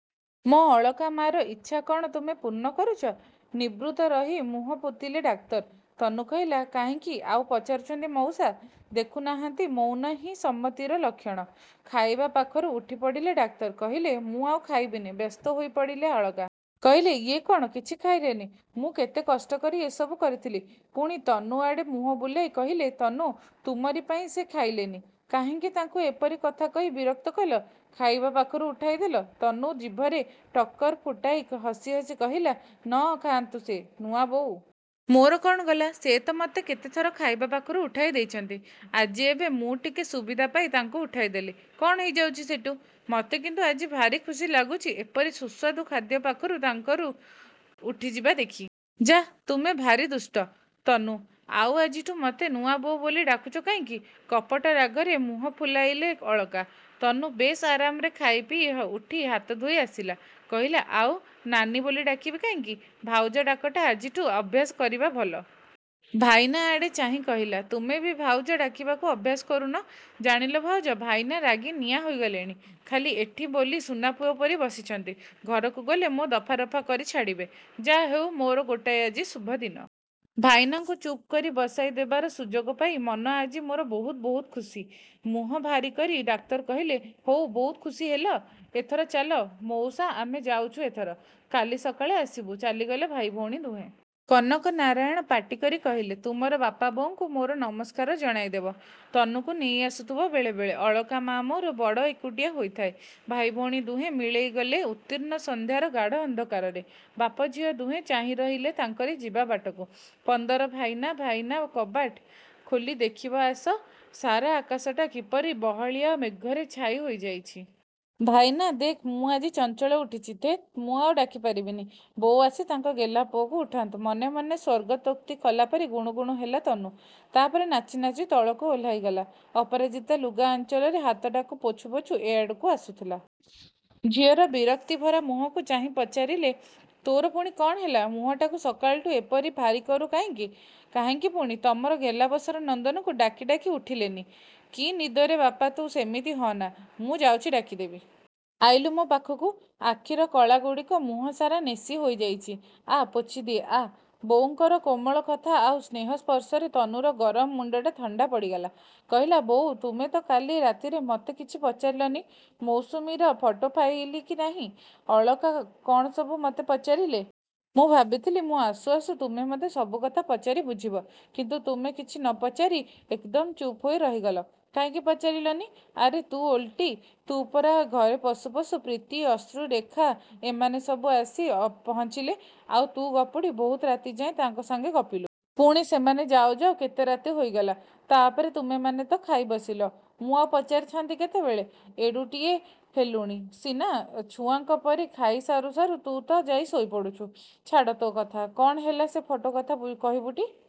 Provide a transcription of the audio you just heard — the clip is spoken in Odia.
ମୋ ଅଳକା ମାର ଇଚ୍ଛା କ'ଣ ତୁମେ ପୂର୍ଣ୍ଣ କରୁଛ? ନିବୃତ୍ତ ରହି ମୁହଁପୋତିଲେ ଡାକ୍ତର। ତନୁ କହିଲା, କାହିଁକି ଆଉ ପଚାରୁଛନ୍ତି ମଉସା! ଦେଖୁନାହାନ୍ତି ମୌନହିଁ ସମ୍ମତିର ଲକ୍ଷଣ। ଖାଇବା ପାଖରୁ ଉଠିପଡ଼ିଲେ ଡାକ୍ତର। କହିଲେ, ମୁଁ ଆଉ ଖାଇବିନି। ବ୍ୟସ୍ତ ହୋଇପଡ଼ିଲେ ଅଳକା। କହିଲେ, ଇଏ କ'ଣ! କିଛି ଖାଇଲେନି? ମୁଁ କେତେ କଷ୍ଟକରି ଏ ସବୁ କରିଥିଲି। ପୁଣି ତନୁଆଡ଼େ ମୁହଁବୁଲାଇ କହିଲେ, ତନୁ, ତୁମରି ପାଇଁ ସେ ଖାଇଲେନି। କାହିଁକି ତାଙ୍କୁ ଏପରି କଥା କହି ବିରକ୍ତ କଲ, ଖାଇବା ପାଖରୁ ଉଠାଇଦେଲ? ତନୁ ଜିଭରେ ଟକର ଫୁଟାଇ ହସି ହସି କହିଲା, ନ ଖାଆନ୍ତୁ ସେ, ନୂଆବୋଉ। ମୋର କ'ଣ ଗଲା! ସେ ତ ମୋତେ କେତେଥର ଖାଇବା ପାଖରୁ ଉଠାଇଦେଇଛନ୍ତି। ଆଜି ଏବେ ମୁଁ ଟିକେ ସୁବିଧା ପାଇ ତାଙ୍କୁ ଉଠାଇଦେଲି, କ'ଣ ହୋଇଯାଉଛି ସେଠୁ? ମୋତେ କିନ୍ତୁ ଆଜି ଭାରି ଖୁସି ଲାଗୁଛି ଏପରି ସୁସ୍ୱାଦୁ ଖାଦ୍ୟ ପାଖରୁ ତାଙ୍କର ଉଠିଯିବା ଦେଖି। ଯାଃ, ତୁମେ ଭାରି ଦୁଷ୍ଟ, ତନୁ। ଆଉ ଆଜିଠୁ ମୋତେ ନୂଆବୋଉ ବୋଲି ଡାକୁଛ କାହିଁକି? କପଟ ରାଗରେ ମୁହଁ ଫୁଲାଇଲେ ଅଳକା। ତନୁ ବେଶ୍ ଆରାମରେ ଖାଇପିଇ ଉଠି ହାତଧୋଇ ଆସିଲା। କହିଲା, ଆଉ ନାନୀ ବୋଲି ଡାକିବି କାହିଁକି? ଭାଉଜ ଡାକଟା ଆଜିଠୁ ଅଭ୍ୟାସ କରିବା ଭଲ। ଭାଇନା ଆଡ଼େ ଚାହିଁ କହିଲା, ତୁମେ ବି ଭାଉଜ ଡାକିବାକୁ ଅଭ୍ୟାସ କରୁନ। ଜାଣିଲ ଭାଉଜ, ଭାଇନା ରାଗି ନିଆଁ ହୋଇଗଲେଣି। ଖାଲି ଏଠି ବୋଲି ସୁନାପୁଅ ପରି ବସି ରହିଛନ୍ତି। ଘରକୁ ଗଲେ ମୋ ଦଫା ରଫା କରି ଛାଡ଼ିବେ। ଯାହାହେଉ, ମୋର ଗୋଟାଏ ଆଜି ଶୁଭଦିନ। ଭାଇନାଙ୍କୁ ଚୁପ୍ କରି ବସାଇ ଦେବାର ସୁଯୋଗ ପାଇ ମନ ଆଜି ମୋର ବହୁତ ବହୁତ ଖୁସି। ମୁହଁ ଭାରିକରି ଡାକ୍ତର କହିଲେ, ହଉ, ବହୁତ ଖୁସି ହେଲ। ଏଥର ଚାଲ। ମଉସା, ଆମେ ଯାଉଛୁ ଏଥର। କାଲି ସକାଳେ ଆସିବି। ଚାଲିଗଲେ ଭାଇ-ଭଉଣୀ ଦୁହେଁ। କନକନାରାୟଣ ପାଟି କରି କହିଲେ, ତୁମର ବାପା-ବୋଉଙ୍କୁ ମୋର ନମସ୍କାର ଜଣାଇଦେବ। ତନୁକୁ ନେଇଆସୁଥିବ ବେଳେ ବେଳେ। ଅଳକା ମାଆ ମୋର ବଡ଼ ଏକୁଟିଆ ହୋଇଥାଏ। ଭାଇ-ଭଉଣୀ ଦୁହେଁ ମିଳାଇଗଲେ ଉତ୍ତୀର୍ଣ୍ଣ ସନ୍ଧ୍ୟାର ଗାଢ଼ ଅନ୍ଧକାରରେ। ବାପ-ଝିଅ ଦୁହେଁ ଚାହିଁରହିଲେ ତାଙ୍କରି ଯିବାବାଟକୁ। ପନ୍ଦର ଭାଇନା, ଭାଇନା, କବାଟ ଖୋଲି ଦେଖିବ ଆସ, ସାରା ଆକାଶଟା କିପରି ବହଳିଆ ମେଘରେ ଛାଇ ହୋଇଯାଇଛି। ଭାଇନା, ଦେଖ, ମୁଁ ଆଜି ଚଞ୍ଚଳ ଉଠିଛି। ଧେତ୍, ମୁଁ ଆଉ ଡାକି ପାରିବିନି। ବୋଉ ଆସି ତାଙ୍କ ଗେହ୍ଲା ପୁଅକୁ ଉଠାନ୍ତୁ। ମନେ ମନେ ସ୍ୱର୍ଗତୋକ୍ତି କଲା ପରି ଗୁଣୁ ଗୁଣୁ ହେଲା ତନୁ। ତାପରେ ନାଚି ନାଚି ତଳକୁ ଓହ୍ଲାଇଗଲା। ଅପରାଜିତା ଲୁଗା ଆଞ୍ଚଳରେ ହାତଟା ପୋଛୁ ପୋଛୁ ଏଆଡ଼କୁ ଆସୁଥିଲେ। ଝିଅର ବିରକ୍ତି ଭରା ମୁହଁକୁ ଚାହିଁ ପଚାରିଲେ, ତୋର ପୁଣି କ'ଣ ହେଲା? ମୁହଁକୁ ସକାଳୁଟାରୁ ଏପରି ଭାରି କରୁ କାହିଁକି ?କାହିଁକି ପୁଣି! ତୁମ ଗେଲବସର ନନ୍ଦନଙ୍କୁ ଡାକି ଡାକି ଉଠିଲେନି। କି ନିଦରେ ବାପା ତୁ ସେମିତି ହଅନା, ମୁଁ ଯାଉଛି ଡାକିଦେବି। ଆଇଲୁ ମୋ ପାଖକୁ। ଆଖିର କଳାଗୁଡ଼ିକ ମୁହଁ ସାରା ନେସି ହୋଇଯାଇଛି। ଆ, ପୋଛିଦିଏ, ଆ। ବୋଉଙ୍କର କୋମଳ କଥା ଆଉ ସ୍ନେହ ସ୍ପର୍ଶରେ ତନୁର ଗରମ ମୁଣ୍ଡଟା ଥଣ୍ଡା ପଡ଼ିଗଲା। କହିଲା, ବୋଉ, ତୁମେ ତ କାଲି ରାତିରେ ମୋତେ କିଛି ପଚାରିଲନି? ମୌସୁମୀର ଫଟୋ ପାଇଲି କି ନାହିଁ, ଅଳକା କ'ଣ ସବୁ ମୋତେ ପଚାରିଲେ? ମୁଁ ଭାବିଥିଲି ମୁଁ ଆସୁ ଆସୁ ତୁମେ ମୋତେ ସବୁ କଥା ପଚାରି ବୁଝିବ। କିନ୍ତୁ ତୁମେ କିଛି ନ ପଚାରି ଏକଦମ ଚୁପ୍ ହୋଇ ରହିଗଲ। କାହିଁକି ପଚାରିଲନି? ଆରେ ତୁ ଓଲଟି, ତୁ ପରା ଘରେ ପଶୁ ପଶୁ ପ୍ରୀତି, ଅଶ୍ରୁ, ରେଖା ଏମାନେ ସବୁ ଆସି ପହଞ୍ଚିଲେ, ଆଉ ତୁ ଗପୁଡ଼ି ବହୁତ ରାତି ଯାଏଁ ତାଙ୍କ ସାଙ୍ଗେ ଗପିଲୁ। ପୁଣି ସେମାନେ ଯାଉ ଯାଉ କେତେ ରାତି ହୋଇଗଲା। ତାପରେ ତୁମେମାନେ ତ ଖାଇବସିଲ। ମୁଁ ଆଉ ପଚାରିଥାନ୍ତି କେତେବେଳେ? ଏଡ଼ୁଟିଏ ହେଲୁଣି ସିନା, ଛୁଆଙ୍କ ପରି ଖାଇ ସାରୁ ସାରୁ ତୁ ତ ଯାଇ ଶୋଇପଡ଼ୁ। ଛାଡ଼ ତୋ କଥା, କ'ଣ ହେଲା ସେ ଫଟୋ କଥା, କହିବୁଟି?